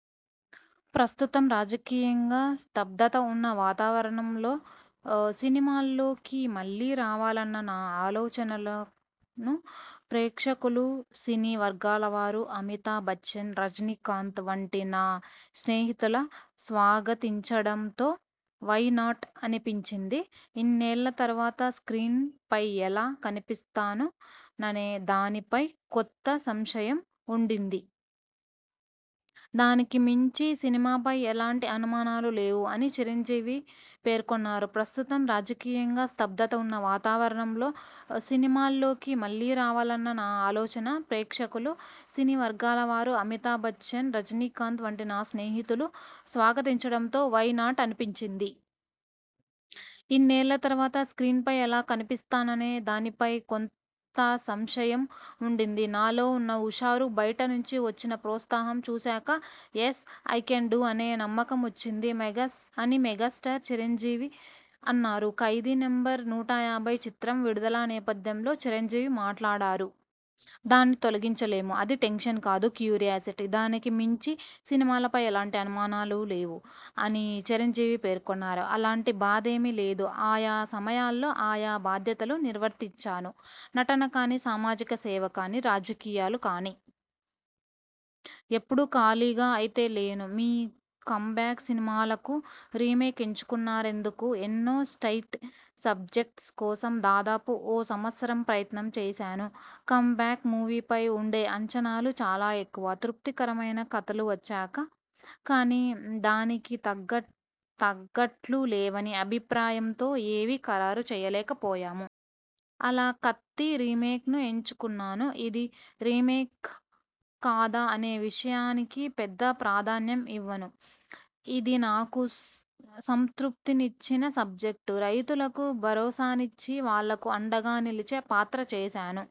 'ప్రస్తుతం రాజకీయంగా స్తబ్దత ఉన్న వాతావరణంలో ఆ సినిమాల్లోకి మళ్లీ రావాలన్న నా ఆలోచనలను ప్రేక్షకులు, సినీ వర్గాల వారు, అమితాబ్ బచ్చన్, రజనీకాంత్ వంటి నా స్నేహితుల స్వాగతించడంతో 'వై నాట్' అనిపించింది. ఇన్నేళ్ల తర్వాత స్ర్కీన్ పై ఎలా కనిపిస్తాను అనే దానిపై కొత్త సంశయం ఉండింది. దానికి మించి సినిమాపై ఎలాంటి అనుమానాలు లేవు. '' అని చిరంజీవి పేర్కొన్నారు. ''ప్రస్తుతం రాజకీయంగా స్తబ్దత ఉన్న వాతావరణంలో సినిమాల్లోకి మళ్లీ రావాలన్న నా ఆలోచనను ప్రేక్షకులు, సినీ వర్గాల వారు, అమితాబ్ బచ్చన్, రజనీకాంత్ వంటి నా స్నేహితులు స్వాగతించడంతో 'వై నాట్' అనిపించింది. ఇన్నేళ్ల తర్వాత స్ర్కీన్ పై ఎలా కనిపిస్తాననే దానిపై కొంత సంశయం ఉండింది. నాలో ఉన్న హుషారు, బయటి నుంచి వచ్చిన ప్రోత్సాహం చూశాక 'యస్.. ఐ కెన్ డు' అనే నమ్మకమొచ్చింది. '' మెగాస్ అని మెగాస్టార్ చిరంజీవి అన్నారు. ఖైదీ నంబరు నూటయాభై' చిత్రం విడుదల నేపథ్యంలో చిరంజీవి మాట్లాడారు. దాన్ని తొలగించుకోలేం. అది టెన్షన్ కాదు, క్యూరియాసిటీ. దానికి మించి సినిమాపై ఎలాంటి అనుమానాలు లేవు. '' అని చిరంజీవి పేర్కొన్నారు. అలాంటి బాధేమీ లేదు. ఆ యా సమయాల్లో ఆ యా బాధ్యతలు నిర్వర్తించాను. నటన కానీ, సామాజిక సేవ కానీ, రాజకీయాలు కానీ.. ఎప్పుడూ ఖాళీగా అయితే లేను. మీ కమ్బ్యాక్ సినిమాకు రీమేక్ను ఎంచుకున్నారెందుకు? ఎన్నో స్ట్రయిట్ సబ్జెక్ట్స్ కోసం దాదాపు ఓ సంవత్సరం ప్రయత్నం చేశాను. కమ్ బ్యాక్ మూవీపై ఉండే అంచనాలు చాలా ఎక్కువ. తృప్తికరమైన కథలు వచ్చాక కానీ దానికి తగ్గ తగట్లు లేవనే అభిప్రాయంతో ఏవీ ఖరారు చేయలేకపోయాం. అలా 'కత్తి' రీమేక్ను ఎంచుకొన్నాను. ఇది రీమేక్, కాదా అనే విషయానికి పెద్ద ప్రాధాన్యం ఇవ్వను. ఇది నాకు సంతృప్తినిచ్చిన సబ్జెక్టు. రైతులకు భరోసానిచ్చి, వాళ్లకు అండగా నిలిచే పాత్ర చేశాను.